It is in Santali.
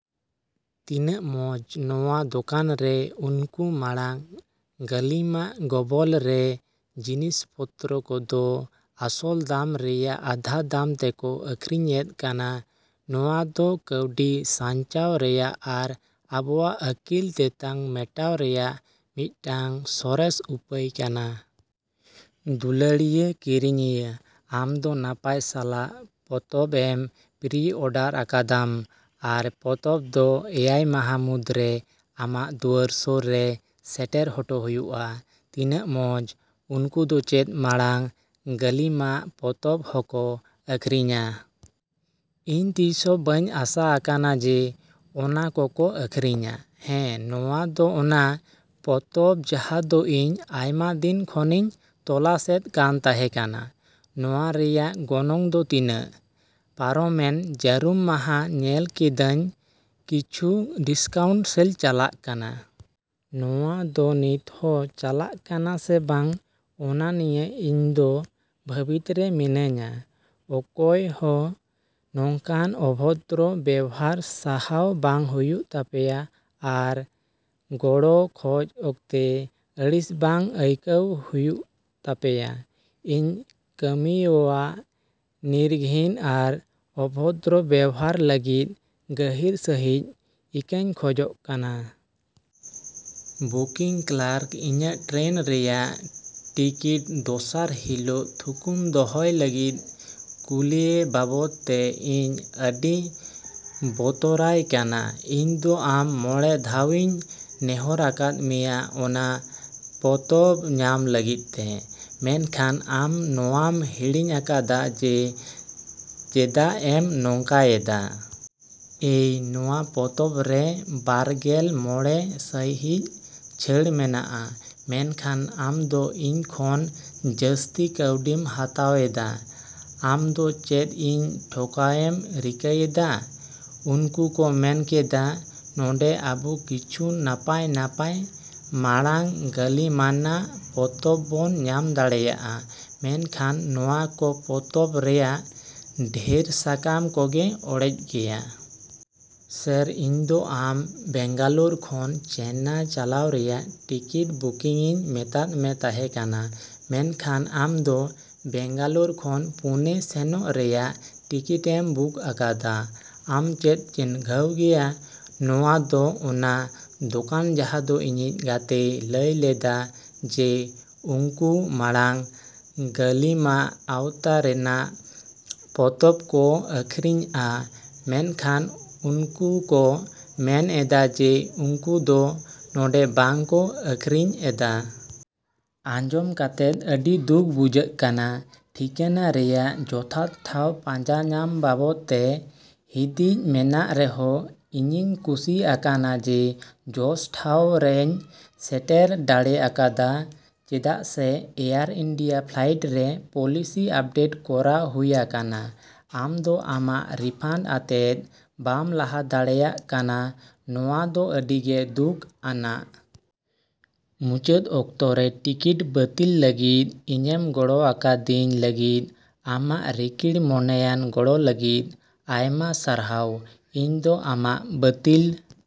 ᱛᱤᱱᱟᱜ ᱢᱚᱸᱡᱽ! ᱱᱚᱣᱟ ᱫᱚᱠᱟᱱ ᱨᱮ ᱩᱱᱠᱩ ᱢᱟᱲᱟᱝ ᱜᱟᱹᱞᱤᱢᱟᱜ ᱜᱚᱵᱚᱞᱨᱮ ᱡᱤᱱᱤᱥ ᱯᱚᱛᱨᱚ ᱠᱚᱫᱚ ᱟᱥᱚᱞ ᱫᱟᱢ ᱨᱮᱭᱟᱜ ᱟᱫᱷᱟ ᱫᱟᱢ ᱛᱮᱠᱚ ᱟᱹᱠᱷᱨᱤᱧ ᱮᱫ ᱠᱟᱱᱟ᱾ ᱱᱚᱣᱟ ᱫᱚ ᱠᱟᱹᱣᱰᱤ ᱥᱟᱧᱪᱟᱣ ᱨᱮᱭᱟᱜ ᱟᱨ ᱟᱵᱚᱣᱟᱜ ᱟᱹᱠᱤᱞ ᱛᱮᱛᱟᱝ ᱢᱮᱴᱟᱣ ᱨᱮᱭᱟᱜ ᱢᱤᱫᱴᱟᱝ ᱥᱚᱨᱮᱥ ᱩᱯᱟᱹᱭ ᱠᱟᱱᱟ᱾ ᱫᱩᱞᱟᱹᱲᱤᱭᱟᱹ ᱠᱤᱨᱤᱧᱤᱭᱟᱹ! ᱟᱢ ᱫᱚ ᱱᱟᱯᱟᱭ ᱥᱟᱞᱟᱜ ᱯᱛᱚᱵ ᱮᱢ ᱯᱨᱤᱼᱚᱰᱟᱨ ᱟᱠᱟᱫᱟᱢ ᱟᱨ ᱯᱚᱛᱚᱵ ᱫᱚ ᱮᱭᱟᱭ ᱢᱟᱦᱟ ᱢᱩᱫᱽᱨᱮ ᱟᱢᱟᱜ ᱫᱩᱣᱟᱹᱨ ᱥᱳᱨ ᱨᱮ ᱥᱮᱴᱮᱨ ᱦᱚᱴᱚ ᱦᱩᱭᱩᱜᱼᱟ᱾ ᱛᱤᱱᱟᱜ ᱢᱚᱸᱡᱽ! ᱩᱱᱠᱩ ᱫᱚ ᱪᱮᱫ ᱢᱟᱲᱟᱝ ᱜᱟᱹᱞᱤᱢᱟᱜ ᱯᱚᱛᱚᱵ ᱦᱚᱠᱚ ᱟᱹᱠᱷᱨᱤᱧᱟ᱾ ᱤᱧ ᱛᱤᱥᱦᱚ ᱵᱟᱹᱧ ᱟᱥᱟ ᱟᱠᱟᱱᱟ ᱡᱮ ᱚᱱᱟ ᱠᱚ ᱠᱚ ᱟᱹᱠᱷᱨᱤᱧᱟ᱾ ᱦᱮᱸ! ᱱᱚᱣᱟ ᱫᱚ ᱚᱱᱟ ᱯᱚᱛᱚᱵ ᱡᱟᱦᱟ ᱫᱚ ᱤᱧ ᱟᱭᱢᱟ ᱫᱤᱱ ᱠᱷᱚᱱᱤᱧ ᱛᱚᱞᱟᱥ ᱮᱫ ᱠᱟᱱ ᱛᱟᱦᱮᱸ ᱠᱟᱱᱟ᱾ ᱱᱚᱣᱟ ᱨᱮᱭᱟᱜ ᱜᱚᱱᱚᱝ ᱫᱚ ᱛᱤᱱᱟᱹᱜ? ᱯᱟᱨᱚᱢᱮᱱ ᱡᱟᱹᱨᱩᱢ ᱢᱟᱦᱟ ᱧᱮᱞ ᱠᱮᱫᱟᱹᱧ ᱠᱤᱪᱷᱩ ᱰᱤᱥᱠᱟᱣᱩᱱᱴ ᱥᱮᱞ ᱪᱟᱞᱟᱜ ᱠᱟᱱᱟ᱾ ᱱᱚᱣᱟ ᱫᱚ ᱱᱤᱛᱦᱚᱸ ᱪᱟᱞᱟᱜ ᱠᱟᱱᱟ ᱥᱮ ᱵᱟᱝ ᱚᱱᱟ ᱱᱤᱭᱟᱹ ᱤᱧ ᱫᱚ ᱵᱷᱟᱹᱵᱤᱛ ᱨᱮ ᱢᱤᱱᱟᱹᱧᱟ᱾ ᱚᱠᱚᱭᱦᱚ ᱱᱚᱝᱠᱟᱱ ᱚᱵᱷᱚᱫᱨᱚ ᱵᱮᱣᱦᱟᱨ ᱥᱟᱦᱟᱣ ᱵᱟᱝ ᱦᱩᱭᱩᱜ ᱛᱟᱯᱮᱭᱟ ᱟᱨ ᱜᱚᱲᱚ ᱠᱷᱚᱡ ᱚᱠᱛᱮ ᱟᱹᱲᱤᱥ ᱵᱟᱝ ᱟᱹᱭᱠᱟᱹᱣ ᱦᱩᱭᱩᱜ ᱛᱟᱯᱮᱭᱟ᱾ ᱤᱧ ᱠᱟᱹᱢᱤᱭᱟᱹᱣᱟᱜ ᱱᱤᱨᱜᱷᱤᱱ ᱟᱨ ᱚᱵᱷᱚᱫᱨᱚ ᱵᱮᱣᱦᱟᱨ ᱞᱟᱹᱜᱤᱫ ᱜᱟᱹᱦᱤᱨ ᱥᱟᱹᱦᱤᱡ ᱤᱠᱟᱹᱧ ᱠᱷᱚᱡᱚᱜ ᱠᱟᱱᱟ᱾ ᱵᱩᱠᱤᱝ ᱠᱞᱟᱨᱠ ᱤᱧᱟᱜ ᱴᱨᱮᱱ ᱨᱮᱭᱟᱜ ᱴᱤᱠᱤᱴ ᱫᱚᱥᱟᱨ ᱦᱤᱞᱳᱜ ᱛᱷᱩᱠᱩᱢ ᱫᱚᱦᱚᱭ ᱞᱟᱹᱜᱤᱫ ᱠᱩᱞᱤᱭᱮ ᱵᱟᱵᱚᱫ ᱛᱮ ᱤᱧ ᱟᱹᱰᱤᱧ ᱵᱚᱛᱚᱨᱟᱭ ᱠᱟᱱᱟ᱾ ᱤᱧ ᱫᱚ ᱟᱢ ᱢᱚᱸᱬᱮ ᱫᱷᱟᱣ ᱤᱧ ᱱᱮᱦᱚᱨ ᱟᱠᱟᱫ ᱢᱮᱭᱟ ᱚᱱᱟ ᱯᱚᱛᱚᱵ ᱧᱟᱢ ᱞᱟᱹᱜᱤᱫ ᱛᱮ, ᱢᱮᱱᱠᱷᱟᱱ ᱟᱢ ᱱᱚᱣᱟᱢ ᱦᱤᱲᱤᱧ ᱟᱠᱟᱫᱟ, ᱟᱢ ᱪᱮᱫᱟᱜ ᱮᱢ ᱱᱚᱝᱠᱟᱭᱮᱫᱟ? ᱮᱭ! ᱱᱚᱣᱟ ᱯᱚᱛᱚᱵ ᱨᱮ ᱵᱟᱨ ᱜᱮᱞ ᱢᱚᱸᱬᱮ ᱥᱟᱭᱦᱤᱸᱥ ᱪᱷᱟᱹᱲ ᱢᱮᱱᱟᱜᱼᱟ, ᱢᱮᱱᱠᱷᱟᱱ ᱟᱢ ᱫᱚ ᱤᱧ ᱠᱷᱚᱱ ᱡᱟᱹᱥᱛᱤ ᱠᱟᱹᱣᱰᱤᱢ ᱦᱟᱛᱟᱣ ᱮᱫᱟ᱾ ᱟᱢ ᱫᱚ ᱪᱮᱫ ᱤᱧ ᱴᱷᱚᱠᱟᱣᱮᱢ ᱨᱤᱠᱟᱹᱭᱮᱫᱟ? ᱩᱱᱠᱩ ᱠᱚ ᱢᱮᱱ ᱠᱮᱫᱟ, ᱱᱚᱰᱮᱸ ᱟᱵᱚ ᱠᱤᱪᱷᱩ ᱱᱟᱯᱟᱭ ᱱᱟᱯᱟᱭ ᱢᱟᱲᱟᱝ ᱜᱟᱹᱞᱤᱢᱟᱱᱟᱜ ᱯᱚᱛᱚᱵ ᱵᱚᱱ ᱧᱟᱢ ᱫᱟᱲᱮᱭᱟᱜᱼᱟ ᱢᱮᱱᱠᱷᱟᱱ ᱱᱚᱣᱟ ᱠᱚ ᱯᱚᱛᱚᱵ ᱨᱮᱭᱟᱜ ᱰᱷᱮᱨ ᱥᱟᱠᱟᱢ ᱠᱚᱜᱮ ᱚᱲᱮᱡ ᱜᱮᱭᱟ᱾ ᱥᱮᱹᱨ! ᱤᱧ ᱫᱚ ᱟᱢ ᱵᱮᱝᱜᱟᱞᱳᱨ ᱠᱷᱚᱱ ᱪᱮᱱᱱᱟᱭ ᱪᱟᱞᱟᱣ ᱨᱮᱭᱟᱜ ᱴᱤᱠᱤᱴ ᱵᱩᱠᱤᱝ ᱤᱧ ᱢᱮᱛᱟᱫ ᱢᱮ ᱛᱟᱦᱮᱸ ᱠᱟᱱᱟ ᱢᱮᱱ ᱠᱷᱟᱱ ᱟᱢ ᱫᱚ ᱵᱮᱝᱜᱟᱞᱳᱨ ᱠᱷᱚᱱ ᱯᱩᱱᱮ ᱥᱮᱱᱚᱜ ᱨᱮᱭᱟᱜ ᱴᱤᱠᱤᱴᱮᱢ ᱵᱩᱠ ᱟᱠᱟᱫᱟ᱾ ᱟᱢ ᱪᱮᱫ ᱪᱮᱸᱜᱷᱟᱣ ᱜᱮᱭᱟ? ᱱᱚᱶᱟ ᱫᱚ ᱚᱱᱟ ᱫᱳᱠᱟᱱ ᱡᱟᱦᱟᱸ ᱫᱚ ᱤᱧᱤᱡ ᱜᱟᱛᱮᱭ ᱞᱟᱹᱭ ᱞᱮᱫᱟ ᱡᱮ ᱩᱝᱠᱩ ᱢᱟᱲᱟᱝ ᱜᱟᱹᱞᱤᱢᱟᱜ ᱟᱣᱛᱟ ᱨᱮᱱᱟᱜ ᱯᱚᱛᱚᱵ ᱠᱚ ᱟᱹᱠᱷᱨᱤᱧᱼᱟ ᱢᱮᱱᱠᱷᱟᱱ ᱩᱱᱠᱩ ᱠᱚ ᱢᱮᱱ ᱮᱫᱟ ᱡᱮ ᱩᱝᱠᱩ ᱫᱚ ᱱᱚᱰᱮᱸ ᱵᱟᱝ ᱠᱚ ᱟᱹᱠᱷᱨᱤᱧ ᱮᱫᱟ᱾ ᱟᱸᱡᱚᱢ ᱠᱟᱛᱮᱫ ᱟᱹᱰᱤ ᱫᱩᱠᱷ ᱵᱩᱡᱷᱟᱹᱜ ᱠᱟᱱᱟ᱾ ᱴᱷᱤᱠᱟᱹᱱᱟ ᱨᱮᱭᱟᱜ ᱡᱚᱛᱷᱟᱛ ᱴᱷᱟᱶ ᱯᱟᱸᱡᱟᱧᱟᱢ ᱵᱟᱵᱚᱫ ᱛᱮ ᱦᱤᱸᱫᱤᱡ ᱢᱮᱱᱟᱜ ᱨᱮᱦᱚ, ᱤᱧᱤᱧ ᱠᱩᱥᱤ ᱟᱠᱟᱱᱟ ᱡᱮ ᱡᱚᱥ ᱴᱷᱟᱶ ᱨᱮᱧ ᱥᱮᱴᱮᱨ ᱰᱟᱲᱮ ᱟᱠᱟᱫᱟ᱾ ᱪᱮᱫᱟᱜ ᱥᱮ ᱮᱭᱟᱨ ᱤᱱᱰᱤᱭᱟ ᱯᱷᱞᱟᱭᱤᱴ ᱨᱮ ᱯᱚᱞᱤᱥᱤ ᱟᱯᱰᱮᱴ ᱠᱚᱨᱟᱣ ᱦᱩᱭᱟᱠᱟᱱᱟ, ᱟᱢ ᱫᱚ ᱟᱢᱟᱜ ᱨᱤᱯᱷᱟᱱᱰ ᱟᱛᱮᱫ ᱵᱟᱢ ᱞᱟᱦᱟ ᱫᱟᱲᱮᱭᱟᱜ ᱠᱟᱱᱟ, ᱱᱚᱣᱟ ᱫᱚ ᱟᱹᱰᱤ ᱜᱮ ᱫᱩᱠᱷ ᱟᱱᱟᱜ᱾ ᱢᱩᱪᱟᱹᱫ ᱚᱠᱛᱚ ᱨᱮ ᱴᱤᱠᱤᱴ ᱵᱟᱹᱛᱤᱞ ᱞᱟᱹᱜᱤᱫ ᱤᱧᱮᱢ ᱜᱚᱲᱚ ᱟᱠᱟᱫᱤᱧ ᱞᱟᱹᱜᱤᱫ ᱟᱢᱟᱜ ᱨᱤᱠᱤᱲ ᱢᱚᱱᱮᱭᱟᱱ ᱜᱚᱲᱚ ᱞᱟᱹᱜᱤᱫ ᱟᱭᱢᱟ ᱥᱟᱨᱦᱟᱣ, ᱤᱧ ᱫᱚ ᱟᱢᱟᱜ ᱵᱟᱹᱛᱤᱞᱼᱼ